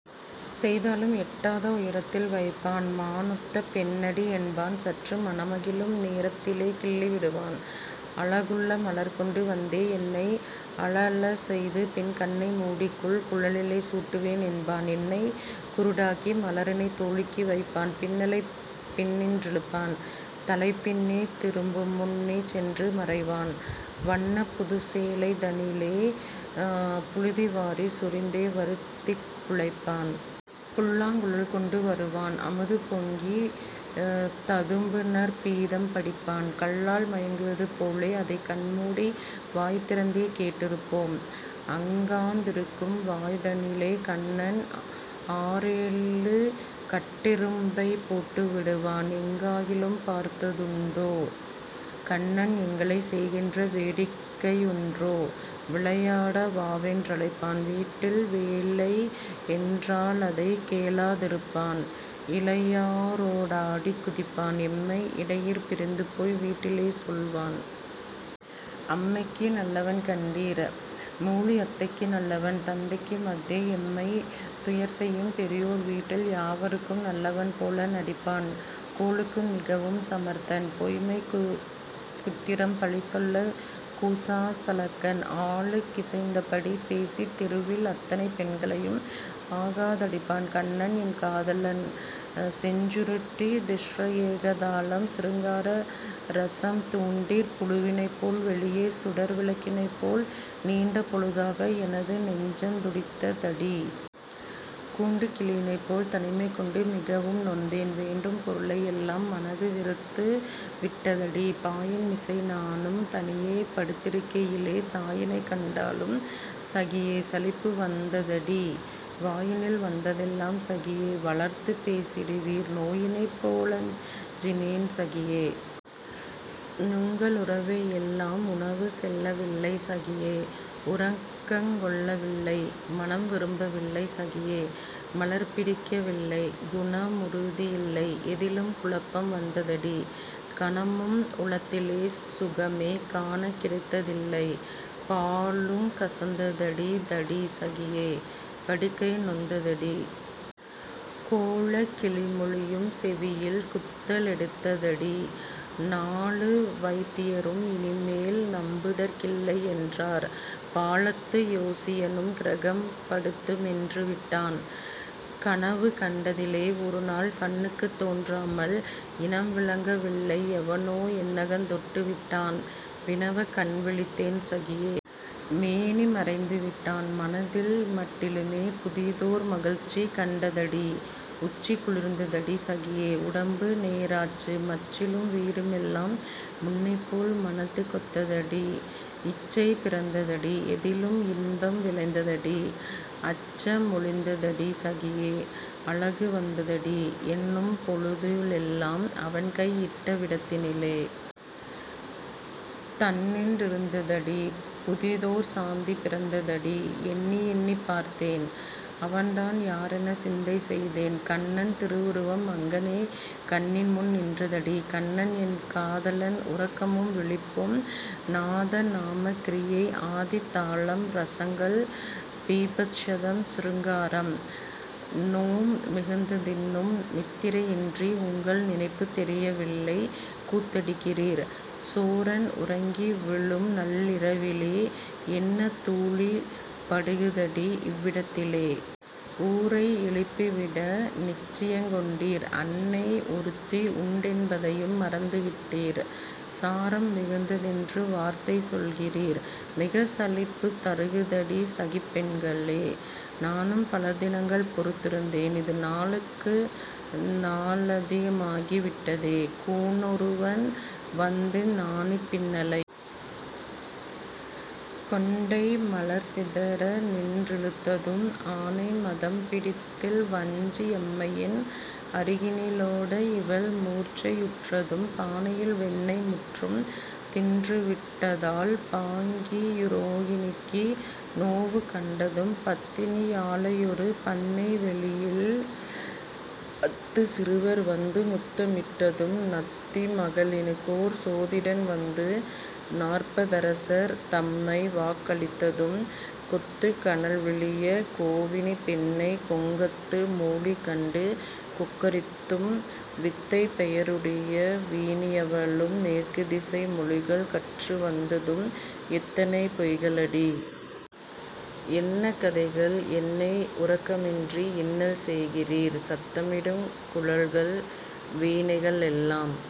செய்தாலும் எட்டாத உயரத்தில் வைப்பான்; மானொத்த பெண்ணடி என்பான் சற்று மனமகிழும் நேரத்தி லேகிள்ளி விடுவான்; அழகுள்ள மலர்கொண்டு வந்தே என்னை அழஅழச் செய்துபின், ''கண்ணை மூடிக்கொள்; குழலிலே சூட்டுவேன்'' என்பான் என்னைக் குருடாக்கி மலரினைத் தோழிக்கு வைப்பான். பின்னலைப் பின்னின் றிழுப்பான்; தலை பின்னே திரும்புமுன் னேசென்று மறைவான்; வன்னப் புதுச்சேலை தனிலே புழுதி வாரிச் சொரிந்தே வருத்திக் குலைப்பான். புல்லாங் குழல்கொண்டு வருவான்; அமுது பொங்கித் ததும்புநற் பீதம் படிப்பான்; கள்ளால் மயங்குவது போலே அதைக் கண்மூடி வாய்திறந் தேகேட் டிருப்போம். அங்காந் திருக்கும்வாய் தனிலே கண்ணன் ஆறேழு கட்டெறும் பைப்போட்டு விடுவான்; எங்காகிலும் பார்த்த துண்டோ? கண்ணன் எங்களைச் செய்கின்ற வேடிக்கை யொன்றோ? விளையாட வாவென் றழைப்பான்; வீட்டில் வேலையென் றாலதைக் கேளா திழுப்பான்; இளையாரொ டாடிக் குதிப்பான்; எம்மை இடையிற் பிரிந்துபோய் வீட்டிலே சொல்வான். அம்மைக்கு நல்லவன் கண்டீர்! மூளி அத்தைக்கு நல்லவன், தந்தைக்கு மஃதே, எம்மைத் துயர்செய்யும் பெரியோர் வீட்டில் யாவர்க்கும் நல்லவன் போலே நடப்பான். கோளுக்கு மிகவும் சமர்த்தன்; பொய்ம்மை குத்திரம் பழிசொலக் கூசாச் சழக்கன்; ஆளுக் கிசைந்தபடி பேசித் தெருவில் அத்தனை பெண்களையும் ஆகா தடிப்பான்.. கண்ணன் என் காதலன் செஞ்சுருட்டி திஸ்ர ஏக தாளம் சிருங்கார ரசம் தூண்டிற் புழுவினைப்போல் வெளியே சுடர் விளக்கினைப் போல், நீண்ட பொழுதாக எனது நெஞ்சந் துடித்த தடீ! கூண்டுக் கிளியினைப் போல் தனிமை கொண்டு மிகவும் நொந்தேன்; வேண்டும் பொருளை யெல்லாம் மனது வெறுத்து விட்டதடீ!. பாயின் மிசை நானும் தனியே படுத் திருக்கை யிலே, தாயினைக் கண்டாலும் சகியே! சலிப்பு வந்த தடீ! வாயினில் வந்ததெல்லாம் சகியே! வளர்த்துப் பேசிடுவீர்; நோயினைப் போலஞ் சினேன்; சகியே! நுங்க ளுறவை யெல் லாம். உணவு செல்லவில்லை; சகியே! உறக்கங் கொள்ளவில்லை. மணம் விரும்பவில்லை; சகியே! மலர் பிடிக்க வில்லை; குண முறுதி யில்லை; எதிலும் குழப்பம் வந்த தடீ! கணமும் உளத்திலே சுகமே காணக் கிடைத்ததில்லை. பாலுங் கசந்தடீ தடீ! சகியே! படுக்கை நொந்த தடீ! கோலக் கிளிமொழியும் செவியில் குத்த லெடுத்த தடீ! நாலு வயித்தியரும் இனிமேல் நம்புதற் கில்லை யென்றார்; பாலத்துச் சோசியனும் கிரகம் படுத்து மென்று விட்டான். கனவு கண்டதிலே ஒருநாள் கண்ணுக்குத் தோன்றாமல், இனம் விளங்க வில்லை எவனோ என்னகந் தொட்டு விட்டான். வினவக் கண்விழித்தேன்; சகியே! மேனி மறைந்து விட்டான்; மனதில் மட்டிலுமே புதிதோர் மகிழ்ச்சி கண்டதடீ!. உச்சி குளிர்ந்ததடீ! சகியே! உடம்பு நேராச்சு, மச்சிலும் வீடுமெல்லாம் முன்னைப்போல் மனத்துக் கொத்தடீ! இச்சை பிறந்ததடீ! எதிலும் இன்பம் விளைளந்ததடீ! அச்ச மொழிந்ததடீ! சகியே! அழகு வந்ததடீ! எண்ணும் பொழுதி லெல்லாம் அவன்கை இட்ட விடத்தினிலே! தண்ணென் றிருந்ததடீ! புதிதோர் சாந்தி பிறந்ததடீ! எண்ணி யெண்ணிப் பார்த்தேன்; அவன்தான் யாரெனச் சிந்தை செய்தேன்; கண்ணன் திருவுருவம் அங்ஙனே கண்ணின் முன் நின்றதடீ!.. கண்ணன் என் காதலன் உறக்கமும் விழிப்பும் நாதநாமக்கிரியை ஆதி தாளம் ரசங்கள்: பீபத்ஸம், சிருங்காரம். நோம் மிகுந்ததின்னும் நித்திரையின்றி உங்கள் நினைப்புத் தெரியவில்லை, கூத்தடிக்கிறீர்; சோரன் உறங்கிவிழும் நள்ளிரவிலே என்ன தூளி படுகுதடி, இவ்விடத்திலே. ஊரை யெழுப்பிவிட நிச்சயங் கொண்டீர்! அன்னை ஒருத்தியுண் டென்பதையும் மறந்து விட்டீர்; சாரம் மிகுந்த தென்று வார்த்தை சொல்கிறீர், மிகச் சலிப்புத் தருகுதடி சகிப் பெண்களே!. நானும் பல தினங்கள் பொறுத்திருந்தேன் இது நாளுக்கு நாளதிக மாகி விட்டதே; கூன னொருவன் வந்திந் நாணி பின்னலைக் கொண்டை மலர்சிதற நின்றிழுத்ததும், ஆனைமதம் பிடித்திவ் வஞ்சி யம்மையின்; அருகினி லோட இவள் மூர்ச்சை யுற்றதும், பானையில் வெண்ணெய் முற்றும் தின்றுவிட்டதால் பாங்கி யுரோகிணிக்கு நோவு கண்டதும், பத்தினி யாளையொரு பண்ணை வெளியில் பத்துச் சிறுவர் வந்து முத்தமிட்டதும், நத்தி மகளினுக்கோர் சோதிடன் வந்து நாற்ப தரசர் தம்மை வாக்களித்ததும், கொத்துக் கனல் விழியக் கோவினிப் பெண்ணைக் கொங்கத்து மூளிகண்டு கொக்கரித்தும், வித்தைப் பெயருடைய வீணியவளும் மேற்குத் திசை மொழிகள் கற்று வந்ததும், எத்தனை பொய்களடி! என்ன கதைகள்! என்னை உறக்கமின்றி இன்னல் செய்கிறீர்! சத்தமிடுங் குழல்கள் வீணைக ளெல்லாம்।